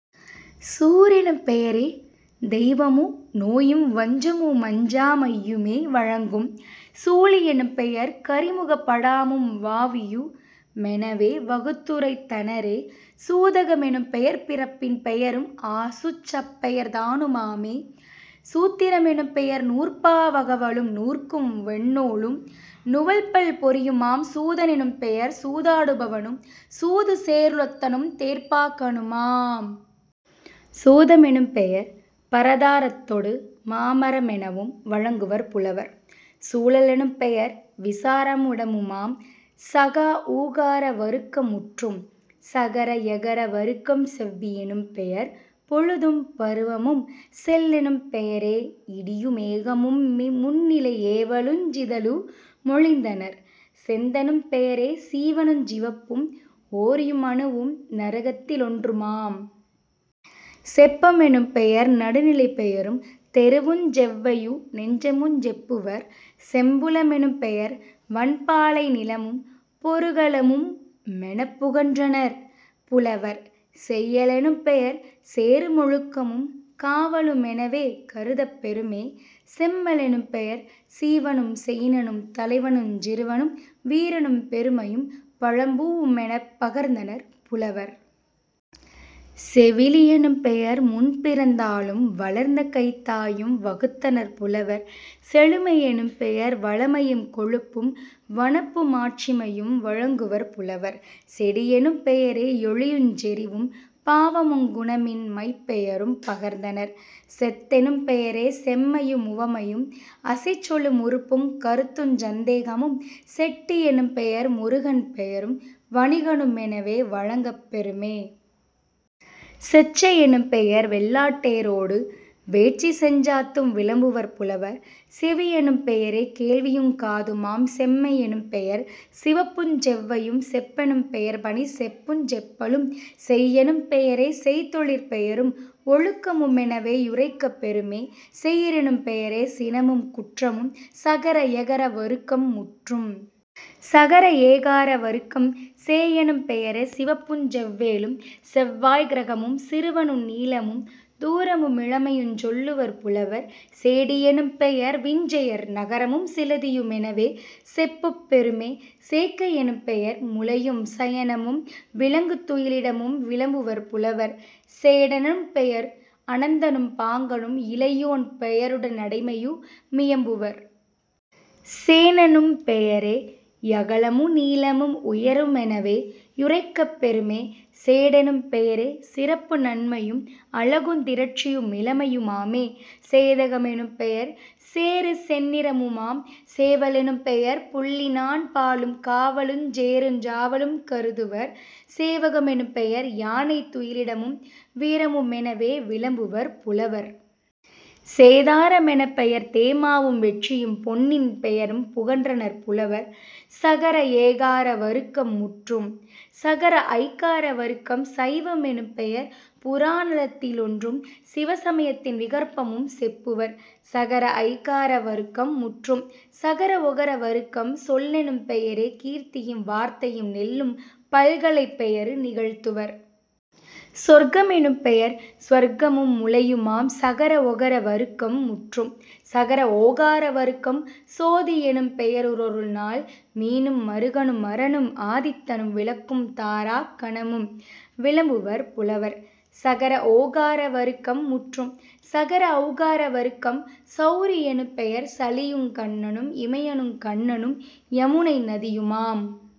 சூரெனும் பெயரே தெய்வமு நோயும் வஞ்சமு மஞ்சா மையுமே வழங்கும்..... சூழி யெனும்பெயர் கரிமுக படாமும் வாவியு மெனவே வகுத்துரைத் தனரே..... சூதக மெனும்பெயர் பிறப்பின் பெயரும் ஆசூ சப்பெயர் தானு மாமே..... சூத்திர மெனும்பெயர் நூற்பா வகவலும் நூற்கும் வெண்ணூலும் நுவல்பல் பொறியுமாம்..... சூத னெனும்பெயர் சூதாடு பவனும் சூது சேருளத்தனும் தேர்ப்பா கனுமாம்..... சூத மெனும்பெயர் பரதா ரத்தொடு மாமர மெனவும் வழங்குவர் புலவர்..... சூழ லனும்பெயர் விசாரமு மிடமுமாம்..... சகா ஊகார வருக்கம் முற்றும். சகர எகர வருக்கம் செவ்வி யெனும்பெயர் பொழுதும் பருவமும்..... செல்லெனும் பெயரே யிடியு மேகமும் முன்னிலை யேவலுஞ் சிதலு மொழிந்தனர்..... செந்தெனும் பெயரே சீவனுஞ் சிவப்பும் ஓரியு மணுவும் நரகத்தி லொன்றுமாம்..... செப்ப மெனும்பெயர் நடுநிலைப் பெயரும் தெருவுஞ் செவ்வையு நெஞ்சமுஞ் செப்புவர்..... செம்புல மெனும்பெயர் வன்பாலை நிலமும் பொருக ளமுமெனப் புகன்றனர் புலவர்..... செய்ய லெனும்பெயர் சேறு மொழுக்கமும் காவலு மெனவே கருதப் பெறுமே..... செம்ம லெனும்பெயர் சீவனும் செயினனும் தலைவனுஞ் சிறுவனும் வீரனும் பெருமையும் பழம்பூ வுமெனப் பகர்ந்தனர் புலவர்..... செவிலி யெனும்பெயர் முன்பிறந் தாளும் வளர்ந்த கைத்தாயும் வகுத்தனர் புலவர்..... செழுமை யெனும்பெயர் வளமையும் கொழுப்பும் வனப்பு மாட்சிமையும் வழங்குவர் புலவர்..... செடியெனும் பெயரே யொளியுஞ் செறிவும் பாவமுங் குணமின் மைப்பெயரும் பகர்ந்தனர்..... செத்தெனும் பெயரே செம்மையு முவமையும் அசைச்சொலு முறுப்புங் கருத்துஞ் சந்தேகமும்..... செட்டி யெனும்பெயர் முருகன் பெயரும் வணிகனு மெனவே வழங்கப் பெறுமே.....। செச்சை யெனும்பெயர் வெள்ளாட் டேறொடு வெட்சி செஞ்சாத்தும் விளம்புவர் புலவர்..... செவியெனும் பெயரே கேள்வியுங் காதுமாம்..... செம்மை யெனும்பெயர் சிவப்புஞ் செவ்வையும்..... செப்பெணும் பெயர்பணிச் செப்புஞ் செப்பலும்..... செய்யெனும் பெயரே செய்தொழிற் பெயரும் ஒழுக்கமு மெனவே யுரைக்கப் பெறுமே..... செயிரெனும் பெயரே சினமும் குற்றமும்..... சகர எகர வருக்கம் முற்றும். சகர ஏகார வருக்கம் சேயெனும் பெயரே சிவப்புஞ் செவ்வேளும் செவ்வாய்க் கிரகமும் சிறுவனு நீளமும் தூரமு மிளமையுஞ் சொல்லுவர் புலவர்..... சேடி யெனும்பெயர் விஞ்சையர் நகரமும் சிலதியு மெனவே செப்பப் பெறுமே..... சேக்கை யெனும்பெயர் முலையும் சயனமும் விலங்கு துயிலிடமும் விளம்புவர் புலவர்..... சேடனெ னும்பெயர் அனந்தனும் பாங்கனும் இளையோன் பெயருட னடிமையு மியம்புவர்..... சேணுனும் பெயரே யகலமு நீளமும் உயரமு மெனவே யுரைக்கப் பெறுமே..... சேடெனும் பெயரே சிறப்பு நன்மையும் அழகுந் திரட்சியு மிளமையு மாமே..... சேதக மெனும்பெயர் சேறு செந்நிறமுமாம்..... சேவ லெனும்பெயர் புள்ளி னாண்பாலும் காவலுஞ் சேறுஞ் சாவலும் கருதுவர்..... சேவக மெனும்பெயர் யானை துயிலிடமும் வீரமு மெனவே விளம்புவர் புலவர்..... சேதார மெனப்பெயர் தேமாவும் வெட்சியும் பொன்னின் பெயரும் புகன்றனர் புலவர்..... சகர ஏகார வருக்கம் முற்றும். சகர ஐகார வருக்கம் சைவ மெனும்பெயர் புராணத்தி லொன்றும் சிவசம யத்தின் விகற்பமும் செப்புவர்..... சகர ஐகார வருக்கம் முற்றும். சகர ஒகர வருக்கம் சொல்லெனும் பெயரே கீர்த்தியும் வார்த்தையும் நெல்லும் பல்கலைப் பெயரு நிகழ்த்துவர்..... சொர்க்க மெனும்பெயர் சுவர்க்கமு முலையுமாம்..... சகர ஒகர வருக்கம் முற்றும். சகர ஓகார வருக்கம் சோதி யெனும்பெய ரொருநாள் மீனும் அருகனும் அரனும் ஆதித்தனும் விளக்கும் தாரா கணமும் விளம்புவர் புலவர்..... சகர ஓகார வருக்கம் முற்றும். சகர ஒளகார வருக்கம் செளரி யெனும்பெயர் சளியுங் கன்னனும் இமயனுங் கண்ணனும் யமுனை நதியுமாம்.